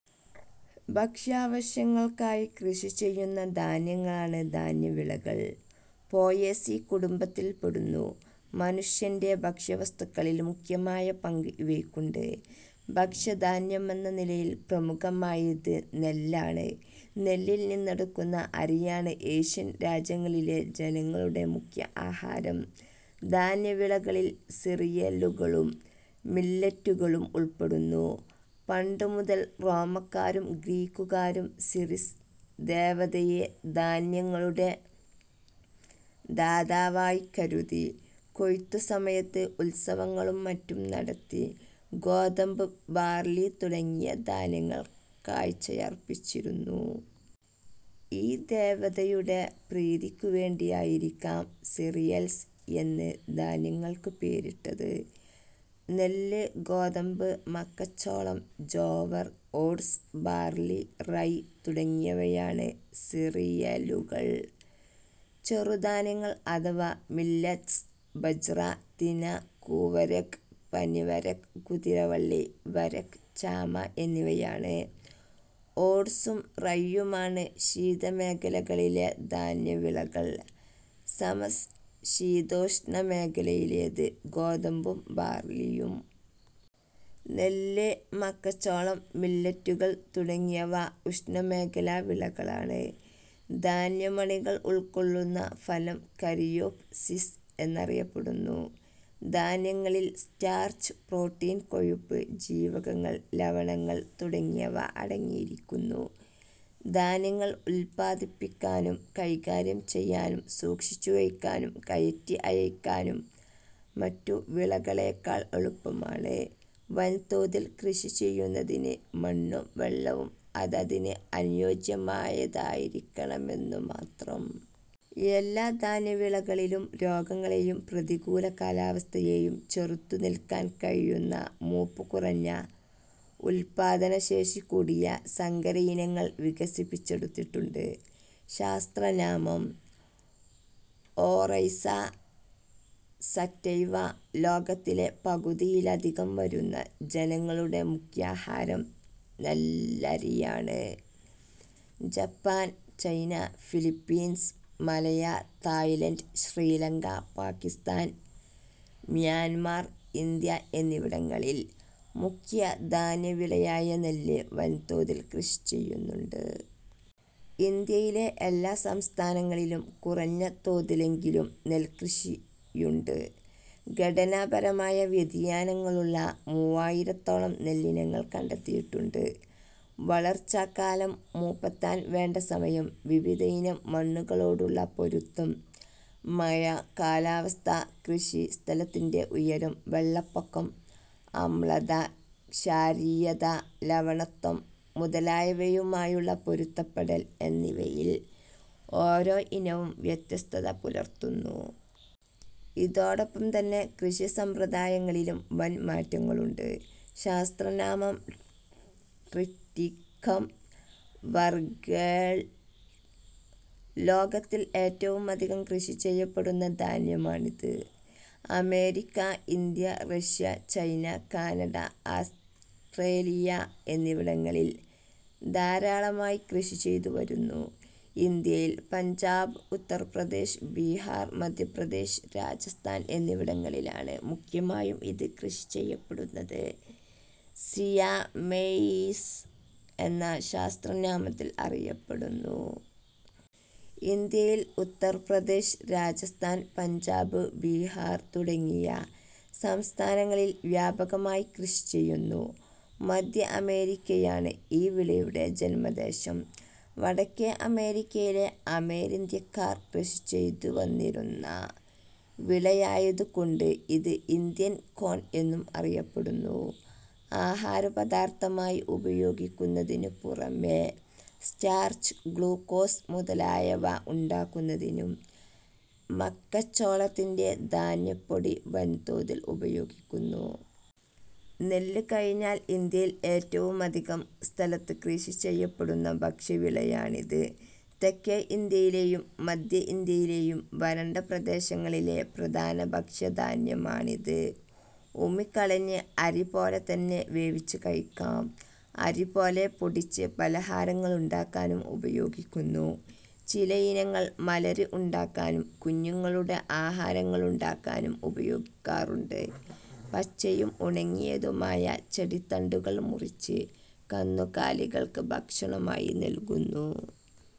ഭക്ഷ്യാവശ്യങ്ങൾക്കായി കൃഷിചെയ്യുന്ന ധാന്യങ്ങളാണ് ധാന്യവിളകൾ. Poaceae കുടുംബത്തിൽപ്പെടുന്നു. മനുഷ്യന്റെ ഭക്ഷ്യവസ്തുക്കളിൽ മുഖ്യമായ പങ്ക് ഇവയ്ക്കുണ്ട്. ഭക്ഷ്യധാന്യമെന്ന നിലയിൽ പ്രമുഖമായത് നെല്ലാണ്. നെല്ലിൽ നിന്നെടുക്കുന്ന അരിയാണ് ഏഷ്യൻ രാജ്യങ്ങളിലെ ജനങ്ങളുടെ മുഖ്യ ആഹാരം. ധാന്യവിളകളിൽ സിറിയലുകളും മില്ലെറ്റുകളും ഉൾപ്പെടുന്നു. പണ്ടുമുതൽ റോമാക്കാരും ഗ്രീക്കുകാരും സിറിസ് ദേവതയെ ധാന്യങ്ങളുടെ ദാതാവായിക്കരുതി കൊയ്ത്തുസമയത്ത് ഉത്സവങ്ങളും മറ്റും നടത്തി ഗോതമ്പ്, ബാർലി തുടങ്ങിയ ധാന്യങ്ങൾ കാഴ്ചയർപ്പിച്ചിരുന്നു. ഈ ദേവതയുടെ പ്രീതിക്കുവേണ്ടിയായിരിക്കാം സിറിയൽസ് എന്ന് ധാന്യങ്ങൾക്ക് പേരിട്ടത്. നെല്ല്, ഗോതമ്പ്, മക്കച്ചോളം, ജോവർ, ഓട്സ്, ബാർലി, റൈ തുടങ്ങിയവയാണ് സിറിയലുകൾ. ചെറുധാന്യങ്ങൾ അഥവാ മില്ലെറ്റ്സ് ബജ്റ, തിന, കൂവരക്, പനിവരക്, കുതിരവള്ളി, വരക്, ചാമ എന്നിവയാണ്. ഓട്സും റൈയുമാണ് ശീതമേഖലകളിലെ ധാന്യവിളകൾ; സമശീതോഷ്ണ മേഖലയിലേത് ഗോതമ്പും ബാർലിയും. നെല്ല്, മക്കച്ചോളം, മില്ലെറ്റുകൾ തുടങ്ങിയവ ഉഷ്ണമേഖലാ വിളകളാണ്. ധാന്യമണികൾ ഉൾക്കൊള്ളുന്ന ഫലം കാരിയോപ് സിസ് എന്നറിയപ്പെടുന്നു. ധാന്യങ്ങളിൽ സ്റ്റാർച്ച്, പ്രോട്ടീൻ, കൊഴുപ്പ്, ജീവകങ്ങൾ, ലവണങ്ങൾ തുടങ്ങിയവ അടങ്ങിയിരിക്കുന്നു. ധാന്യങ്ങൾ ഉത്പാദിപ്പിക്കാനും കൈകാര്യം ചെയ്യാനും സൂക്ഷിച്ചുവയ്ക്കാനും കയറ്റി അയയ്ക്കാനും മറ്റു വിളകളെക്കാൾ എളുപ്പമാണ്. വൻതോതിൽ കൃഷിചെയ്യുന്നതിന് മണ്ണും വെള്ളവും അതതിന് അനുയോജ്യമായതായിരിക്കണമെന്നു മാത്രം. എല്ലാ ധാന്യവിളകളിലും രോഗങ്ങളെയും പ്രതികൂല കാലാവസ്ഥയെയും ചെറുത്തു നില്ക്കാൻ കഴിയുന്ന മൂപ്പു കുറഞ്ഞ, ഉത്പാദനശേഷി കൂടിയ സങ്കരയിനങ്ങൾ വികസിപ്പിച്ചെടുത്തിട്ടുണ്ട്. ശാസ്ത്രനാമം: ഒറൈസ സറ്റൈവ. ലോകത്തിലെ പകുതിയിലധികം വരുന്ന ജനങ്ങളുടെ മുഖ്യാഹാരം നെല്ലരിയാണ്. Japan, China, Philippines, Malaya, Thailand, Sri Lanka, Pakistan, Myanmar, India എന്നിവിടങ്ങളിൽ മുഖ്യ ധാന്യവിളയായ നെല്ല് വൻതോതിൽ കൃഷിചെയ്യുന്നുണ്ട്. ഇന്ത്യയിലെ എല്ലാ സംസ്ഥാനങ്ങളിലും കുറഞ്ഞ തോതിലെങ്കിലും നെൽക്കൃഷിയുണ്ട്. ഘടനാപരമായ വ്യതിയാനങ്ങളുള്ള മൂവായിരത്തോളം നെല്ലിനങ്ങൾ കണ്ടെത്തിയിട്ടുണ്ട്. വളർച്ചാകാലം; മൂപ്പെത്താൻ വേണ്ട സമയം; വിവിധയിനം മണ്ണുകളോടുള്ള പൊരുത്തം; മഴ, കാലാവസ്ഥ, കൃഷി സ്ഥലത്തിന്റെ ഉയരം, വെള്ളപ്പൊക്കം, അമ്ലത-ക്ഷാരീയത, ലവണത്വം മുതലായവയുമായുള്ള പൊരുത്തപ്പെടൽ എന്നിവയിൽ ഓരോ ഇനവും വ്യത്യസ്തത പുലർത്തുന്നു. ഇതോടൊപ്പംതന്നെ കൃഷിസമ്പ്രദായങ്ങളിലും വൻ മാറ്റങ്ങളുണ്ട്. ശാസ്ത്രനാമം: ട്രിറ്റിക്കം വൾഗേർ. ലോകത്തിൽ ഏറ്റവുമധികം കൃഷിചെയ്യപ്പെടുന്ന ധാന്യമാണിത്. America, India, Russia, China, Canada, Australia എന്നിവിടങ്ങളിൽ ധാരാളമായി കൃഷിചെയ്തുവരുന്നു. ഇന്ത്യയിൽ പഞ്ചാബ്, ഉത്തർപ്രദേശ്, ബിഹാർ, മധ്യപ്രദേശ്, രാജസ്ഥാൻ എന്നിവിടങ്ങളിലാണ് മുഖ്യമായും ഇത് കൃഷി ചെയ്യപ്പെടുന്നത്. സിയാ മെയ്സ് എന്ന ശാസ്ത്രനാമത്തിൽ അറിയപ്പെടുന്നു. ഇന്ത്യയിൽ ഉത്തർപ്രദേശ്, രാജസ്ഥാൻ, പഞ്ചാബ്, ബിഹാർ തുടങ്ങിയ സംസ്ഥാനങ്ങളിൽ വ്യാപകമായി കൃഷിചെയ്യുന്നു. മധ്യ അമേരിക്കയാണ് ഈ വിളയുടെ ജന്മദേശം. വടക്കേ അമേരിക്കയിലെ അമേരിന്ത്യക്കാർ കൃഷിചെയ്തുവന്നിരുന്ന വിളയായതുകൊണ്ട് ഇത് ഇന്ത്യൻ കോൺ എന്നും അറിയപ്പെടുന്നു. ആഹാരപദാർഥമായി ഉപയോഗിക്കുന്നതിനുപുറമേ സ്റ്റാർച്ച്, ഗ്ലൂക്കോസ് മുതലായവ ഉണ്ടാക്കുന്നതിനും മക്കച്ചോളത്തിന്റെ ധാന്യപ്പൊടി വൻതോതിൽ ഉപയോഗിക്കുന്നു. നെല്ല് കഴിഞ്ഞാൽ ഇന്ത്യയിൽ ഏറ്റവുമധികം സ്ഥലത്ത് കൃഷിചെയ്യപ്പെടുന്ന ഭക്ഷ്യവിളയാണിത്. തെക്കേ ഇന്ത്യയിലെയും മധ്യഇന്ത്യയിലെയും വരണ്ട പ്രദേശങ്ങളിലെ പ്രധാന ഭക്ഷ്യധാന്യമാണിത്. ഉമി കളഞ്ഞ് അരി പോലെതന്നെ വേവിച്ച് കഴിക്കാം. അരി പോലെ പൊടിച്ച് പലഹാരങ്ങളുണ്ടാക്കാനും ഉപയോഗിക്കുന്നു. ചിലയിനങ്ങൾ മലര് ഉണ്ടാക്കാനും കുഞ്ഞുങ്ങളുടെ ആഹാരങ്ങളുണ്ടാക്കാനും ഉപയോഗിക്കാറുണ്ട്. പച്ചയും ഉണങ്ങിയതുമായ ചെടിത്തണ്ടുകൾ മുറിച്ച് കന്നുകാലികൾക്ക് ഭക്ഷണമായി നല്കുന്നു.